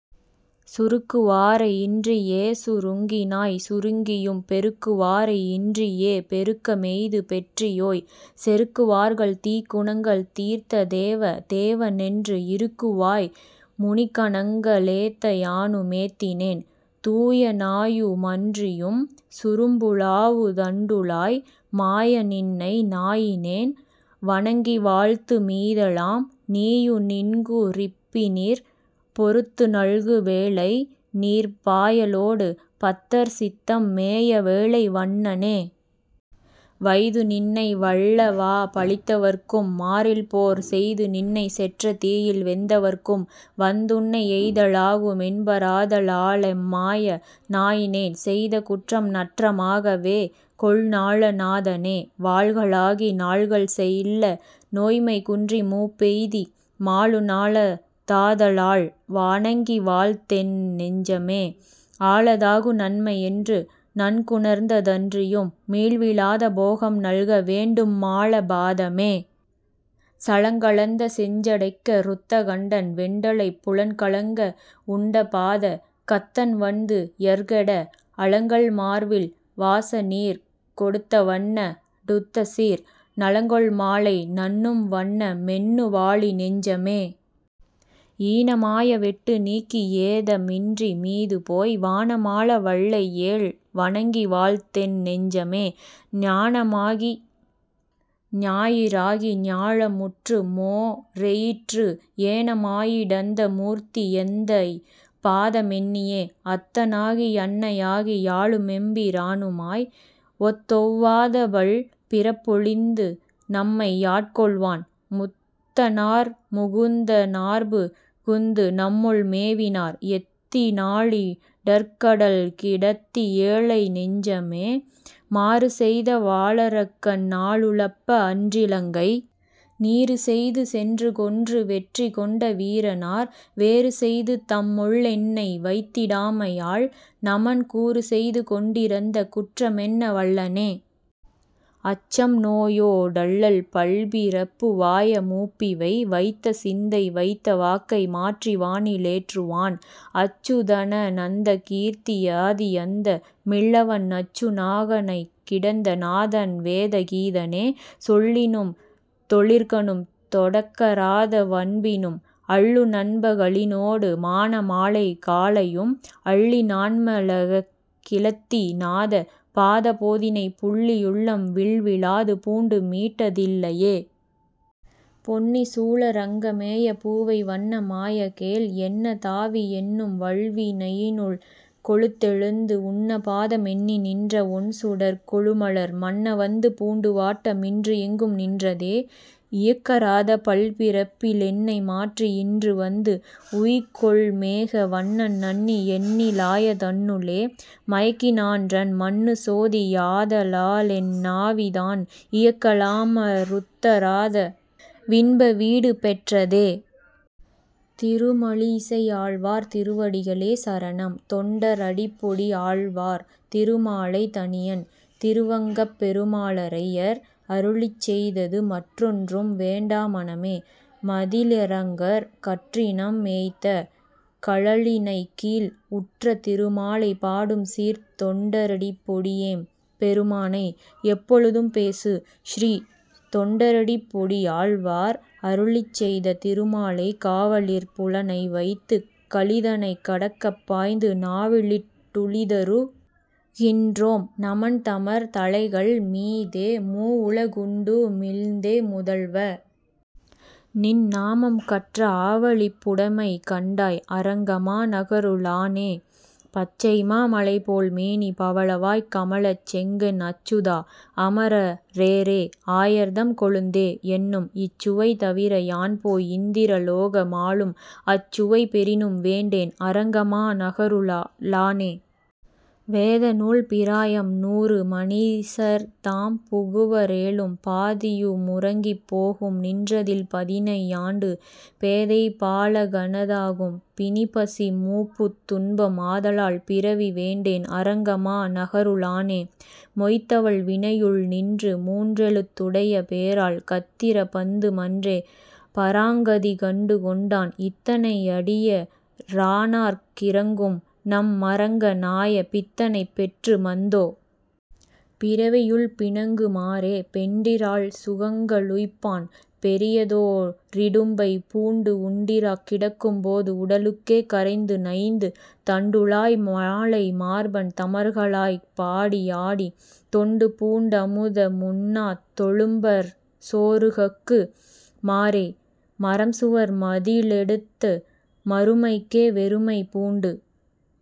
சுருக்குவாரை யின்றியேசு ருங்கினாய்சு ருங்கியும், பெருக்குவாரை யின்றியேபெ ருக்கமெய்து பெற்றியோய்,। செருக்குவார்கள் தீக்குணங்கள் தீர்த்ததேவ தேவனென்று, இருக்குவாய்மு னிக்கணங்க ளேத்தயானு மேத்தினேன். தூயனாயு மன்றியும்சு ரும்புலாவு தண்டுழாய், மாய. நின்னை நாயினேன்வ ணங்கிவாழ்த்து மீதெலாம், நீயுநின்கு றிப்பினிற்பொ றுத்துநல்கு வேலைநீர்ப், பாயலோடு பத்தர்சித்தம் மேயவேலை வண்ணனே. வைதுநின்னை வல்லவாப ழித்தவர்க்கும் மாறில்போர் செய்துநின்னை செற்றதீயில் வெந்தவர்க்கும் வந்துன்னை எய்தலாகு மென்பராத லாலெம்மாய. நாயினேன், செய்தகுற்றம் நற்றமாக வேகொள்ஞால நாதனே. வாள்களாகி நாள்கள்செல்ல நோய்மைகுன்றி மூப்பெய்தி, மாளுநாள தாதலால்வ ணங்கிவாழ்த்தென் நெஞ்சமே, ஆளதாகு நன்மையென்று நன்குணர்ந்த தன்றியும், மீள்விலாத போகம்நல்க வேண்டும்மால பாதமே. சலங்கலந்த செஞ்சடைக்க றுத்தகண்டன் வெண்டலைப் புலன்கலங்க வுண்டபாத கத்தன்வன்து யர்கெட, அலங்கல்மார்வில் வாசநீர்கொ டுத்தவன்ன டுத்தசீர், நலங்கொள்மாலை நண்ணும்வண்ண மெண்ணுவாழி நெஞ்சமே. ஈனமாய வெட்டுநீக்கி யேதமின்றி மீதுபோய், வானமாள வல்லையேல்வ ணங்கிவாழ்த்தென் நெஞ்சமே, ஞானமாகி ஞாயிறாகி ஞாலமுற்று மோரெயிற்று, ஏனமாயி டந்தமூர்த்தி யெந்தைபாத மெண்ணியே. அத்தனாகி யன்னையாகி யாளுமெம்பி ரானுமாய், ஒத்தொவ்வாத பல்பிறப்பொ ழித்துநம்மை யாட்கொள்வான், முத்தனார்மு குந்தனார்பு குந்துநம்முள் மேவினார், எத்தினாலி டர்க்கடல்கி டத்தியேழை நெஞ்சமே. மாறுசெய்த வாளரக்கன் நாளுலப்ப, அன்றிலங்கை நீறுசெய்து சென்றுகொன்று வென்றிகொண்ட வீரனார், வேறுசெய்து தம்முளென்னை வைத்திடாமை யால், நமன் கூறுசெய்து கொண்டிறந்த குற்றமெண்ண வல்லனே. அச்சம்நோயொ டல்லல்பல்பி றப்புவாய மூப்பிவை, வைத்தசிந்தை வைத்தவாக்கை மாற்றிவானி லேற்றுவான், அச்சுதன நந்தகீர்த்தி யாதியந்த மில்லவன், நச்சுநாக ணைக்கிடந்த நாதன்வேத கீதனே. சொல்லினும்தொ ழிற்கணும்தொ டக்கறாத வன்பினும், அல்லுநன்ப கலினோடு மானமாலை காலையும், அல்லிநாண்ம லர்க்கிழத்தி நாத. பாத போதினை, புல்லியுள்ளம் விள்விலாது பூண்டுமீண்ட தில்லையே. பொன்னிசூழ ரங்கமேய பூவைவண்ண. மாய. கேள், என்னதாவி யென்னும்வல்வி னையினுள்கொ ழுந்தெழுந்து, உன்னபாத மென்னிநின்ற வொண்சுடர்க்கொ ழுமலர், மன்னவந்து பூண்டுவாட்ட மின்றுயெங்கும் நின்றதே. இயக்கறாத பல்பிறப்பி லென்னைமாற்றி யின்றுவந்து, உயக்கொள்மேக வண்ணன்நண்ணி யென்னிலாய தன்னுளே, மயக்கினான்றன் மன்னுசோதி யாதலாலென் னாவிதான், இயக்கெலாம றுத்தறாத வின்பவீடு பெற்றதே. திருமழிசையாழ்வார் திருவடிகளே சரணம் தொண்டர் அடிப்பொடி ஆழ்வார் திருமாலை தனியன் திருவங்கப்பெருமாளரையர் அருளிச்செய்தது மற்றொன்றும் வேண்டா மனமே. மதிளரங்கர், கற்றினம் மேய்த்த கழலிணைக்கீழ்,- உற்ற திருமாலை பாடும்சீர்த் தொண்டரடிப்பொடியெம் பெருமானை, எப்பொழுதும் பேசு. ஸ்ரீ தொண்டரடிப்பொடியாழ்வார் அருளிச்செய்த திருமாலை காவலிற் புலனை வைத்துக் கலிதனைக் கடக்கப் பாய்ந்து, நாவலிட் டுழிதரு கின்றோம் நமன்தமர் தலைகள் மீதே, மூவுல குண்டு மிழ்ந்த முதல்வ. நின் நாமம் கற்ற, ஆவலிப் புடைமை கண்டாய் அரங்கமா நகரு ளானே. பச்சைமா மலைபோல் மேனி பவளவாய் கமலச் செங்கண் அச்சுதா. அமர ரேறே. ஆயர்தம் கொழுந்தே. என்னும், இச்சுவை தவிர யான்போய் இந்திர லோக மாளும், அச்சுவை பெறினும் வேண்டேன் அரங்கமா நகரு ளானே. வேதநூல் பிராயம் நூறு மனிசர்தாம் புகுவ ரேலும், பாதியு முறங்கிப் போகும் நின்றதில் பதினை யாண்டு, பேதைபா லகன தாகும் பிணிபசி மூப்புத் துன்பம், ஆதலால் பிறவி வேண்டேன் அரங்கமா நகரு ளானே. மொய்த்தவல் வினையுள் நின்று மூன்றெழுத் துடைய பேரால், கத்திர பந்து மன்றே பராங்கதி கண்டு கொண்டான், இத்தனை யடிய ரானார்க் கிரங்கும்நம் மரங்க னாய பித்தனைப் பெற்று மந்தோ. பிறவியுள் பிணங்கு மாறே. பெண்டிரால் சுகங்க ளுய்ப்பான் பெரியதோ ரிடும்பை பூண்டு உண்டிராக் கிடக்கும் போது உடலுக்கே கரைந்து நைந்து, தண்டுழாய் மாலை மார்பன் தமர்களாய்ப் பாடி யாடி, தொண்டுபூண் டமுத முண்ணாத் தொழும்பர்சோ றுகக்கு மாறே. மறம்சுவர் மதிளெ டுத்து மறுமைக்கே வெறுமை பூண்டு,